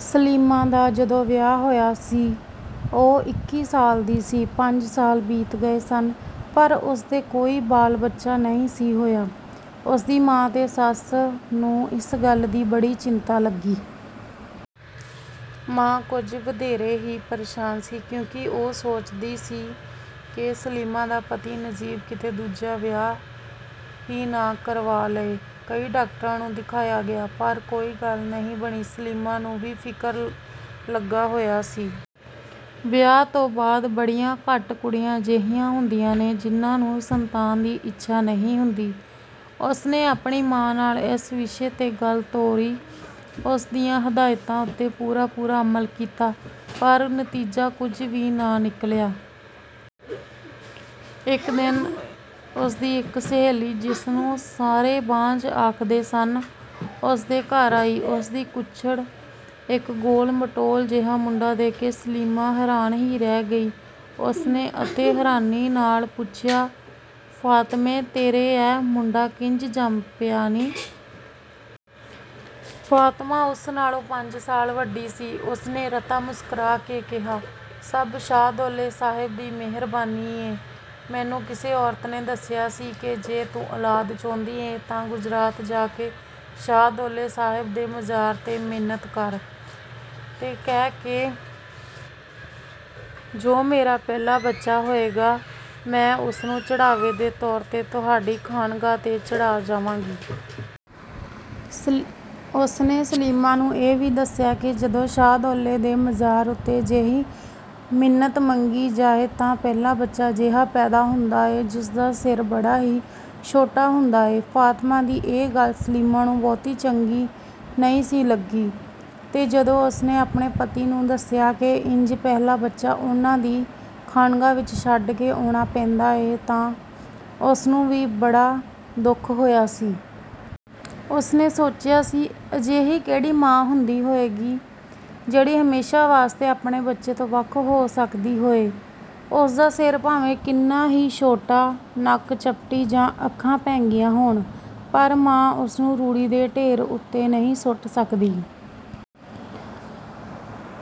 ਸਲੀਮਾ ਦਾ ਜਦੋਂ ਵਿਆਹ ਹੋਇਆ ਸੀ, ਉਹ ਇੱਕੀ ਸਾਲ ਦੀ ਸੀ। ਪੰਜ ਸਾਲ ਬੀਤ ਗਏ ਸਨ, ਪਰ ਉਸਦੇ ਕੋਈ ਬਾਲ-ਬੱਚਾ ਨਹੀਂ ਸੀ ਹੋਇਆ। ਉਸਦੀ ਮਾਂ ਤੇ ਸੱਸ ਨੂੰ ਇਸ ਗੱਲ ਦੀ ਬੜੀ ਚਿੰਤਾ ਲੱਗੀ। ਮਾਂ ਕੁਝ ਵਧੇਰੇ ਹੀ ਪਰੇਸ਼ਾਨ ਸੀ, ਕਿਉਂਕਿ ਉਹ ਸੋਚਦੀ ਸੀ ਕਿ ਸਲੀਮਾ ਦਾ ਪਤੀ ਨਜ਼ੀਬ ਕਿਤੇ ਦੂਜਾ ਵਿਆਹ ਹੀ ਨਾ ਕਰਵਾ ਲਏ। ਕਈ ਡਾਕਟਰਾਂ ਨੂੰ ਦਿਖਾਇਆ ਗਿਆ, ਪਰ ਕੋਈ ਗੱਲ ਨਹੀਂ ਬਣੀ। ਸਲੀਮਾ ਨੂੰ ਵੀ ਫਿਕਰ ਲੱਗਾ ਹੋਇਆ ਸੀ। ਵਿਆਹ ਤੋਂ ਬਾਅਦ ਬੜੀਆਂ ਘੱਟ ਕੁੜੀਆਂ ਅਜਿਹੀਆਂ ਹੁੰਦੀਆਂ ਨੇ, ਜਿਹਨਾਂ ਨੂੰ ਸੰਤਾਨ ਦੀ ਇੱਛਾ ਨਹੀਂ ਹੁੰਦੀ। ਉਸਨੇ ਆਪਣੀ ਮਾਂ ਨਾਲ ਇਸ ਵਿਸ਼ੇ ਤੇ ਗੱਲ ਤੋਰੀ, ਉਸਦੀਆਂ ਹਦਾਇਤਾਂ ਉੱਤੇ ਪੂਰਾ-ਪੂਰਾ ਅਮਲ ਕੀਤਾ, ਪਰ ਨਤੀਜਾ ਕੁਝ ਵੀ ਨਾ ਨਿਕਲਿਆ। ਇਕ ਦਿਨ ਉਸਦੀ ਇਕ ਸਹੇਲੀ, ਜਿਸਨੂੰ ਸਾਰੇ ਬਾਂਝ ਆਖਦੇ ਹੁੰਦੇ ਸਨ, ਉਹਨਾਂ ਦੇ ਘਰ ਆਈ। ਉਸਦੀ ਕੁੱਛੜ ਇਕ ਗੋਲ-ਮਟੋਲ ਜਿਹਾ ਮੁੰਡਾ ਦੇਖ ਕੇ ਸਲੀਮਾ ਹੈਰਾਨ ਹੀ ਰਹਿ ਗਈ। ਉਸਨੇ ਅਤਿ ਹੈਰਾਨੀ ਨਾਲ ਪੁੱਛਿਆ, “ਫਾਤਮੇਂ, ਤੇਰੇ ਅਹਿ ਮੁੰਡਾ ਕਿੰਜ ਜੰਮ ਪਿਆ ਨੀਂ?” ਫਾਤਮਾ ਉਸ ਨਾਲੋਂ ਪੰਜ ਸਾਲ ਵੱਡੀ ਸੀ। ਉਸਨੇ ਰਤਾ ਮੁਸਕਰਾ ਕੇ ਕਿਹਾ, “ਸਭ ਸ਼ਾਹਦੌਲੇ ਸਾਹਬ ਦੀ ਮਿਹਰਬਾਨੀ ਏ। ਮੈਨੂੰ ਕਿਸੇ ਔਰਤ ਨੇ ਦੱਸਿਆ ਸੀ ਕਿ ਜੇ ਤੂੰ ਔਲਾਦ ਚਾਹੁੰਦੀ ਏਂ ਤਾਂ ਗੁਜਰਾਤ ਜਾ ਕੇ ਸ਼ਾਹਦੌਲੇ ਸਾਹਬ ਦੇ ਮਜ਼ਾਰ ਤੇ ਮਿੰਨਤ ਕਰ, ਤੇ ਕਹਿ ਕਿ ਜੋ ਮੇਰਾ ਪਹਿਲਾ ਬੱਚਾ ਹੋਏਗਾ, ਮੈਂ ਉਸਨੂੰ ਚੜ੍ਹਾਵੇ ਦੇ ਤੌਰ ਤੇ ਤੁਹਾਡੀ ਖਾਨਗਾਹ ਤੇ ਚੜ੍ਹਾਅ ਜਾਵਾਂਗੀ।” ਉਸਨੇ ਸਲੀਮਾ ਨੂੰ ਇਹ ਵੀ ਦੱਸਿਆ ਸੀ ਕਿ ਜਦੋਂ ਸ਼ਾਹਦੌਲੇ ਸਾਹਬ ਦੇ ਮਜ਼ਾਰ ਉੱਤੇ ਅਜਿਹੀ ਮਿੰਨਤ ਮੰਗੀ ਜਾਏ, ਤਾਂ ਪਹਿਲਾ ਬੱਚਾ ਅਜਿਹਾ ਪੈਦਾ ਹੁੰਦਾ ਏ, ਜਿਸਦਾ ਸਿਰ ਬੜਾ ਹੀ ਛੋਟਾ ਹੁੰਦਾ ਏ। ਫਾਤਮਾ ਦੀ ਇਹ ਗੱਲ ਸਲੀਮਾ ਨੂੰ ਬਹੁਤੀ ਚੰਗੀ ਨਹੀਂ ਸੀ ਲੱਗੀ ਤੇ ਜਦੋਂ ਉਸਨੇ ਆਪਣੇ ਪਤੀ ਨੂੰ ਦੱਸਿਆ ਕਿ ਇੰਜ ਪਹਿਲਾ ਬੱਚਾ ਉਹਨਾਂ ਦੀ ਖਾਨਗਾਹ ਵਿਚ ਛੱਡ ਕੇ ਆਉਣਾ ਪੈਂਦਾ ਏ, ਤਾਂ ਉਸਨੂੰ ਵੀ ਬੜਾ ਦੁੱਖ ਹੋਇਆ ਸੀ। ਉਸਨੇ ਸੋਚਿਆ ਸੀ, ਅਜਿਹੀ ਕਿਹੜੀ ਮਾਂ ਹੁੰਦੀ ਹੋਏਗੀ, ਜਿਹੜੀ ਹਮੇਸ਼ਾ ਵਾਸਤੇ ਆਪਣੇ ਬੱਚੇ ਤੋਂ ਵੱਖ ਹੋ ਸਕਦੀ ਹੋਏ? ਉਸਦਾ ਸਿਰ ਭਾਵੇਂ ਕਿੰਨਾ ਹੀ ਛੋਟਾ, ਨੱਕ ਚਪਟੀ ਜਾਂ ਅੱਖਾਂ ਭੈਂਗੀਆਂ ਹੋਣ, ਪਰ ਮਾਂ ਉਸਨੂੰ ਰੂੜੀ ਦੇ ਢੇਰ ਉੱਤੇ ਨਹੀਂ ਸੁੱਟ ਸਕਦੀ।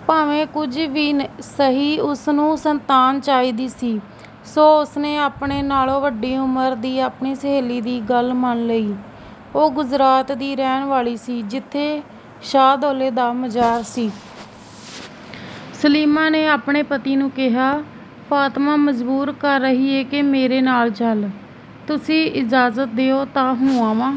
ਭਾਵੇਂ ਕੁਝ ਵੀ ਸਹੀ, ਉਸਨੂੰ ਸੰਤਾਨ ਚਾਹੀਦੀ ਸੀ, ਸੋ ਉਸਨੇ ਆਪਣੇ ਨਾਲੋਂ ਵੱਡੀ ਉਮਰ ਦੀ ਆਪਣੀ ਸਹੇਲੀ ਦੀ ਗੱਲ ਮੰਨ ਲਈ। ਉਹ ਗੁਜਰਾਤ ਦੀ ਰਹਿਣ ਵਾਲੀ ਸੀ, ਜਿੱਥੇ ਸ਼ਾਹਦੌਲੇ ਦਾ ਮਜ਼ਾਰ ਸੀ। ਸਲੀਮਾ ਨੇ ਆਪਣੇ ਪਤੀ ਨੂੰ ਕਿਹਾ, "ਫਾਤਮਾ ਮਜਬੂਰ ਕਰ ਰਹੀ ਏ ਕਿ ਮੇਰੇ ਨਾਲ ਚਲ। ਤੁਸੀਂ ਇਜਾਜ਼ਤ ਦਿਓ ਤਾਂ ਹੋ ਆਵਾਂ?"